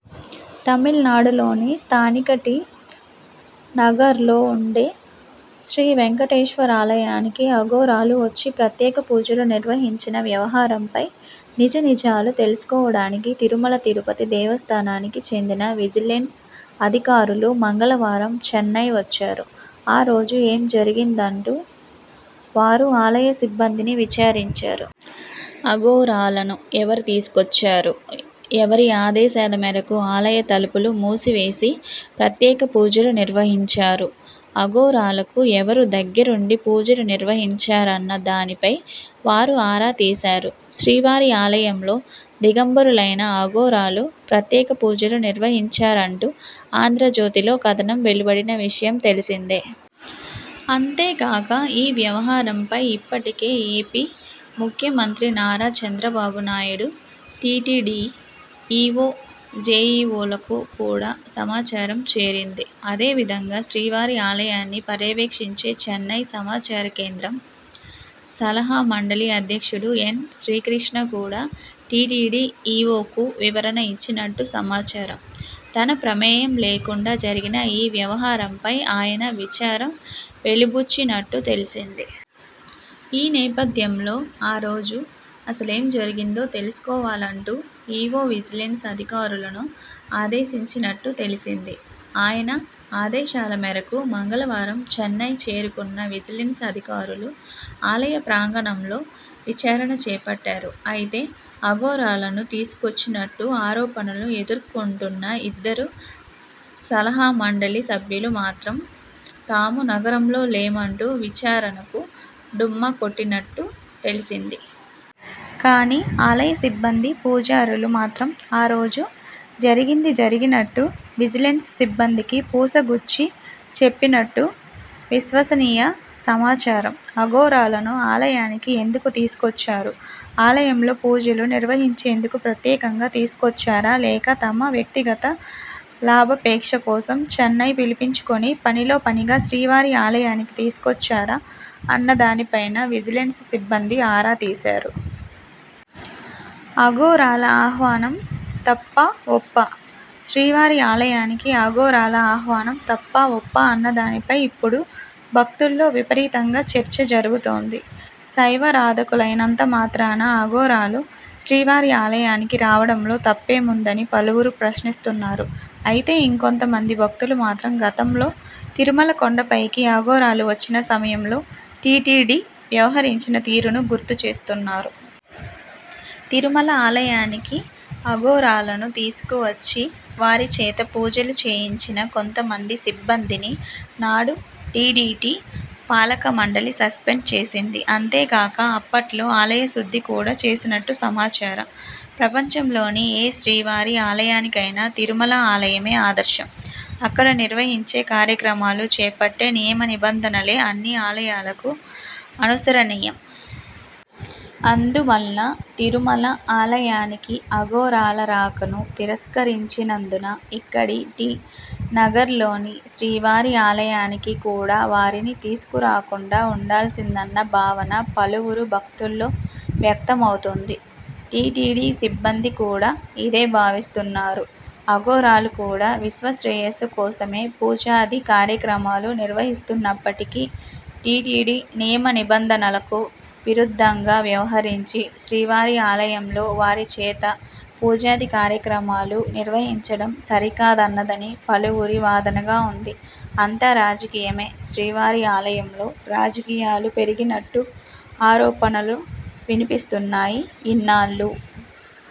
తమిళనాడులోని స్థానిక టి. నగర్లో ఉండే శ్రీ వెంకటేశ్వరాలయానికి అఘోరాలు వచ్చి ప్రత్యేక పూజలు నిర్వహించిన వ్యవహారంపై నిజానిజాలు తెలుసుకోవడానికి తిరుమల తిరుపతి దేవస్థానానికి కి చెందిన విజిలెన్స్ అధికారులు మంగళవారం చెన్నై వచ్చారు. ఆ రోజు ఏం జరిగిందంటూ వారు ఆలయ సిబ్బందిని విచారించారు. అఘోరాలను ఎవరు తీసుకొచ్చారు? ఎవరి ఆదేశాల మేరకు ఆలయ తలుపులు మూసివేసి ప్రత్యేక పూజలు నిర్వహించారు? అఘోరాలకు ఎవరు దగ్గరుండి పూజలు నిర్వహించారన్న దానిపై వారు ఆరా తీశారు. శ్రీవారి ఆలయంలో దిగంబరులైన అఘోరాలు ప్రత్యేక పూజలు నిర్వహించారంటూ 'ఆంధ్రజ్యోతి'లో కథనం వెలువడిన విషయం తెలిసిందే. అంతేగాక ఈ వ్యవహారంపై ఇప్పటికే ఏపీ ముఖ్యమంత్రి నారా చంద్రబాబునాయుడు, టీటీడీ ఈవో, జేఈవోలకు కూడా సమాచారం చేరింది. అదే విధంగా శ్రీవారి ఆలయాన్ని పర్యవేక్షించే చెన్నై సమాచారకేంద్ర సలహా మండలి అధ్యక్షుడు ఎన్. శ్రీకృష్ణ కూడా టీటీడీ ఈవోకు వివరణ ఇచ్చినట్టు సమాచారం. తన ప్రమేయం లేకుండా జరిగిన ఈ వ్యవహారంపై ఆయన విచారం వెలిబుచ్చినట్టు తెలిసింది. ఈ నేపథ్యంలో ఆరోజు అసలేం జరిగిందో తెలుసుకోవాలంటూ ఈవో విజిలెన్స్ అదికారులను ఆదేశించినట్టు తెలిసింది. ఆయన ఆదేశాల మేరకు మంగళవారం చెన్నై చేరుకున్న విజిలెన్స్ అధికారులు ఆలయ ప్రాంగణంలో విచారణ చేపట్టారు. అయితే అఘోరాలను తీసుకొచ్చినట్టు ఆరోపణలు ఎదుర్కొంటున్న ఇద్దరు సలహామండలి సభ్యులు మాత్రం తాము నగరంలో లేమంటూ విచారణకు డుమ్మా కొట్టినట్టు తెలిసింది. కానీ ఆలయ సిబ్బంది, పూజారులు మాత్రం ఆరోజు జరిగింది జరిగినట్టు విజిలెన్స్ సిబ్బందికి పూసగుచ్చి చెప్పినట్టు విశ్వసనీయ సమాచారం. అఘోరాలను ఆలయానికి ఎందుకు తీసుకొచ్చారు? ఆలయంలో పూజలు నిర్వహించేందుకు ప్రత్యేకంగా తీసుకొచ్చారా, లేక తమ వ్యక్తిగత లాభాపేక్ష కోసం చెన్నై పిలిపించుకుని, పనిలో పనిగా శ్రీవారి ఆలయానికి తీసుకొచ్చారా అన్నదానిపైనా విజిలెన్స్ సిబ్బంది ఆరా తీశారు. అఘోరాల ఆహ్వానం తప్పాఒప్పా? శ్రీవారి ఆలయానికి అఘోరాల ఆహ్వానం తప్పా ఒప్పా అన్నదానిపై ఇప్పుడు భక్తుల్లో విపరీతంగా చర్చ జరుగుతోంది. శైవారాధకులైనంత మాత్రాన అఘోరాలు శ్రీవారి ఆలయానికి రావడంలో తప్పేముందని పలువురు ప్రశ్నిస్తున్నారు. అయితే ఇంకొంతమంది భక్తులు మాత్రం గతంలో తిరుమల కొండపైకి అఘోరాలు వచ్చిన సమయంలో టీటీడీ వ్యవహరించిన తీరును గుర్తు చేస్తున్నారు. తిరుమల ఆలయానికి అఘోరాలను తీసుకువచ్చి, వారి చేత పూజలు చేయించిన కొంతమంది సిబ్బందిని నాడు టీడీటి పాలకమండలి సస్పెండ్ చేసింది. అంతేగాక అప్పట్లో ఆలయశుద్ధి కూడా చేసినట్టు సమాచారం. ప్రపంచంలోని ఏ శ్రీవారి ఆలయానికైనా తిరుమల ఆలయమే ఆదర్శం. అక్కడ నిర్వహించే కార్యక్రమాలు, చేపట్టే నియమనిబంధనలే అన్ని ఆలయాలకు అనుసరణీయం. అందువల్ల తిరుమల ఆలయానికి అఘోరాల రాకను తిరస్కరించినందున ఇక్కడి టి. నగర్లోని శ్రీవారి ఆలయానికి కూడా వారిని తీసుకురాకుండా వుండాల్సిందన్న భావన పలువురు భక్తుల్లో వ్యక్తమవుతోంది. టీటీడీ సిబ్బంది కూడా ఇదే భావిస్తున్నారు. అఘోరాలు కూడా విశ్వశ్రేయస్సు కోసమే పూజాది కార్యక్రమాలు నిర్వహిస్తున్నప్పటికీ టీటీడీ నియమ నిబంధనలకు విరుద్ధంగా వ్యవహరించి, శ్రీవారి ఆలయంలో వారి చేత పూజాది కార్యక్రమాలు నిర్వహించడం సరి కాదన్నది పలువురి వాదనగా వుంది. అంతా రాజకీయమే! శ్రీవారి ఆలయంలో రాజకీయాలు పెరిగినట్టు ఆరోపణలు వినిపిస్తున్నాయి. ఇన్నాళ్లూ